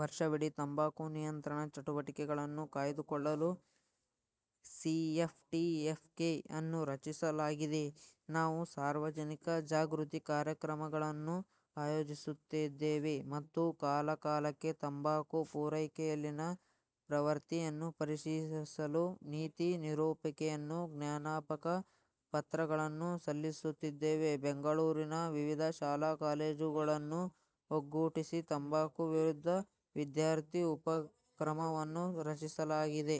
ವರ್ಷವಿಡೀ ತಂಬಾಕು ನಿಯಂತ್ರಣ ಚಟುವಟಿಕೆಗಳನ್ನು ಕಾಯ್ದುಕೊಳ್ಳಲು ಸಿಎಫ್ಟಿಎಫ್ಕೆ ಅನ್ನು ರಚಿಸಲಾಗಿದೆ. ನಾವು ಸಾರ್ವಜನಿಕ ಜಾಗೃತಿ ಕಾರ್ಯಕ್ರಮಗಳನ್ನು ಆಯೋಜಿಸುತ್ತಿದ್ದೇವೆ ಮತ್ತು ಕಾಲಕಾಲಕ್ಕೆ ತಂಬಾಕು ಪೂರೈಕೆಯಲ್ಲಿನ ಪ್ರವೃತ್ತಿಯನ್ನು ಪರಿಶೀಲಿಸಲು ನೀತಿ ನಿರೂಪಕರಿಗೆ ಜ್ಞಾಪಕ ಪತ್ರಗಳನ್ನು ಸಲ್ಲಿಸುತ್ತಿದ್ದೇವೆ. ಬೆಂಗಳೂರಿನ ವಿವಿಧ ಶಾಲಾ-ಕಾಲೇಜುಗಳನ್ನು ಒಟ್ಟುಗೂಡಿಸಿ ತಂಬಾಕು ವಿರುದ್ಧ ವಿದ್ಯಾರ್ಥಿ ಉಪಕ್ರಮವನ್ನು ರಚಿಸಲಾಗಿದೆ.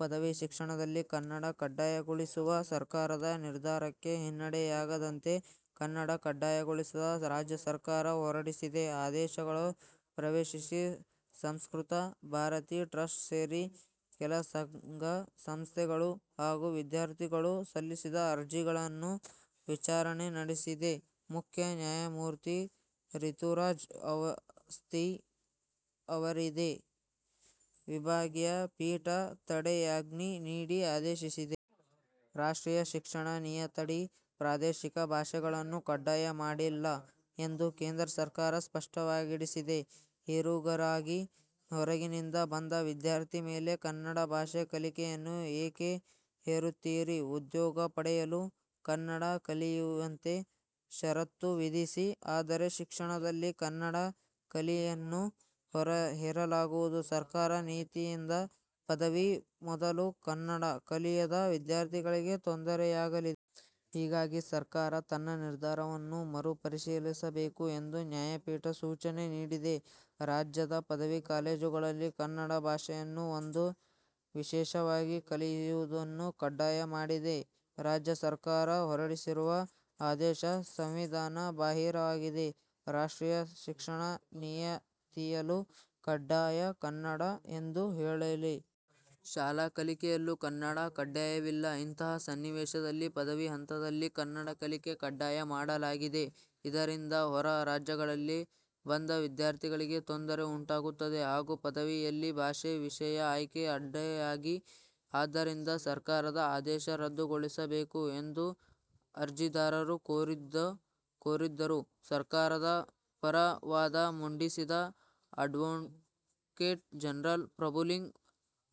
ಪದವಿ ಶಿಕ್ಷಣದಲ್ಲಿ ಕನ್ನಡ ಕಡ್ಡಾಯಗೊಳಿಸುವ ಸರ್ಕಾರದ ನಿರ್ಧಾರಕ್ಕೆ ಹಿನ್ನಡೆಯಾದಂತಾಗಿದೆ. ಕನ್ನಡ ಕಡ್ಡಾಯಗೊಳಿಸಿ ರಾಜ್ಯ ಸರ್ಕಾರ ಹೊರಡಿಸಿದ್ದ ಆದೇಶಗಳನ್ನು ಪ್ರಶ್ನಿಸಿ ಸಂಸ್ಕೃತ ಭಾರತಿ ಟ್ರಸ್ಟ್ ಸೇರಿ ಕೆಲ ಸಂಘ-ಸಂಸ್ಥೆಗಳು ಹಾಗೂ ವಿದ್ಯಾರ್ಥಿಗಳು ಸಲ್ಲಿಸಿದ್ದ ಅರ್ಜಿಗಳ ವಿಚಾರಣೆ ನಡೆಸಿದ ಮುಖ್ಯ ನ್ಯಾಯಮೂರ್ತಿ ರಿತುರಾಜ್ ಅವಸ್ಥಿ ಅವರಿದ್ದ ವಿಭಾಗೀಯ ಪೀಠ ತಡೆಯಾಜ್ಞೆ ನೀಡಿ ಆದೇಶಿಸಿದೆ. 'ರಾಷ್ಟ್ರೀಯ ಶಿಕ್ಷಣ ನೀತಿಯಡಿ ಪ್ರಾದೇಶಿಕ ಭಾಷೆಗಳನ್ನು ಕಡ್ಡಾಯ ಮಾಡಿಲ್ಲ ಎಂದು ಕೇಂದ್ರ ಸರ್ಕಾರ ಸ್ಪಷ್ಟಪಡಿಸಿದೆ. ಹೀಗಿರುವಾಗ ಹೊರಗಿನಿಂದ ಬಂದ ವಿದ್ಯಾರ್ಥಿಗಳ ಮೇಲೆ ಕನ್ನಡ ಭಾಷೆ ಕಲಿಕೆಯನ್ನು ಏಕೆ ಹೇರುತ್ತೀರಿ? ಉದ್ಯೋಗ ಪಡೆಯಲು ಕನ್ನಡ ಕಲಿಯುವಂತೆ ಷರತ್ತು ವಿಧಿಸಿ. ಆದರೆ, ಶಿಕ್ಷಣದಲ್ಲಿ ಕನ್ನಡ ಕಲಿಕೆಯನ್ನು ಹೇರಲಾಗದು. ಸರ್ಕಾರದ ನೀತಿಯಿಂದ ಪದವಿಗೂ ಮೊದಲು ಕನ್ನಡ ಕಲಿಯದ ವಿದ್ಯಾರ್ಥಿಗಳಿಗೆ ತೊಂದರೆಯಾಗಲಿದೆ. ಹಾಗಾಗಿ ಸರ್ಕಾರ ತನ್ನ ನಿರ್ಧಾರವನ್ನು ಮರು ಪರಿಶೀಲಿಸಬೇಕು' ಎಂದು ನ್ಯಾಯಪೀಠ ಸೂಚನೆ ನೀಡಿದೆ. 'ರಾಜ್ಯದ ಪದವಿ ಕಾಲೇಜುಗಳಲ್ಲಿ ಕನ್ನಡ ಭಾಷೆಯನ್ನು ಒಂದು ವಿಷಯವಾಗಿ ಕಲಿಯುವುದನ್ನು ಕಡ್ಡಾಯ ಮಾಡಿ ರಾಜ್ಯ ಸರ್ಕಾರ ಹೊರಡಿಸಿರುವ ಆದೇಶ ಸಂವಿಧಾನ ಬಾಹಿರವಾಗಿದೆ. ರಾಷ್ಟ್ರೀಯ ಶಿಕ್ಷಣ ನೀತಿಯಲ್ಲೂ ಕನ್ನಡ ಕಡ್ಡಾಯ ಎಂದು ಹೇಳಿಲ್ಲ. ಶಾಲಾ ಕಲಿಕೆಯಲ್ಲೂ ಕನ್ನಡ ಕಡ್ಡಾಯವಿಲ್ಲ. ಇಂತಹ ಸನ್ನಿವೇಶದಲ್ಲಿ ಪದವಿ ಹಂತದಲ್ಲಿ ಕನ್ನಡ ಕಲಿಕೆ ಕಡ್ಡಾಯ ಮಾಡಲಾಗಿದೆ. ಇದರಿಂದ ಹೊರ ರಾಜ್ಯಗಳಿಂದ ಬಂದ ವಿದ್ಯಾರ್ಥಿಗಳಿಗೆ ತೊಂದರೆ ಉಂಟಾಗುತ್ತದೆ ಹಾಗೂ ಪದವಿಯಲ್ಲಿ ಭಾಷೆ ವಿಷಯ ಆಯ್ಕೆಗೂ ಅಡ್ಡಿಯಾಗಿದೆ. ಆದ್ದರಿಂದ ಸರ್ಕಾರದ ಆದೇಶ ರದ್ದುಗೊಳಿಸಬೇಕು' ಎಂದು ಅರ್ಜಿದಾರರು ಕೋರಿದ್ದರು. ಸರ್ಕಾರದ ಪರ ವಾದ ಮಂಡಿಸಿದ ಅಡ್ವೋಕೇಟ್ ಜನರಲ್ ಪ್ರಭುಲಿಂಗ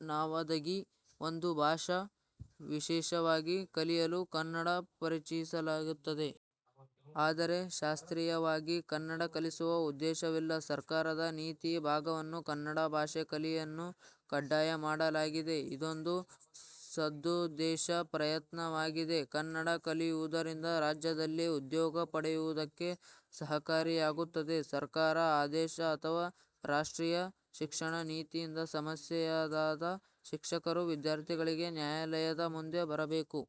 ನಾವದಗಿ, 'ಒಂದು ಭಾಷಾ ವಿಷಯವಾಗಿ ಕಲಿಯಲು ಕನ್ನಡವನ್ನು ಪರಿಚಯಿಸಲಾಗುತ್ತಿದೆ. ಆದರೆ, ಶಾಸ್ತ್ರೀಯವಾಗಿ ಕನ್ನಡ ಕಲಿಸುವ ಉದ್ದೇಶವಿಲ್ಲ. ಸರ್ಕಾರದ ನೀತಿಯ ಭಾಗವಾಗಿ ಕನ್ನಡ ಭಾಷೆ ಕಲಿಕೆಯನ್ನು ಕಡ್ಡಾಯ ಮಾಡಲಾಗಿದೆ. ಇದೊಂದು ಸದುದ್ದೇಶದ ಪ್ರಯತ್ನವಾಗಿದೆ. ಕನ್ನಡ ಕಲಿಯುವುದರಿಂದ ರಾಜ್ಯದಲ್ಲಿ ಉದ್ಯೋಗ ಪಡೆಯುವುದಕ್ಕೆ ಸಹಕಾರಿಯಾಗುತ್ತದೆ. ಸರ್ಕಾರದ ಆದೇಶ ಅಥವಾ ರಾಷ್ಟ್ರೀಯ ಶಿಕ್ಷಣ ನೀತಿಯಿಂದ ಸಮಸ್ಯೆಯಾದರೆ ಶಿಕ್ಷಕರು, ವಿದ್ಯಾರ್ಥಿಗಳು ನ್ಯಾಯಾಲಯದ ಮುಂದೆ ಬರಬೇಕು.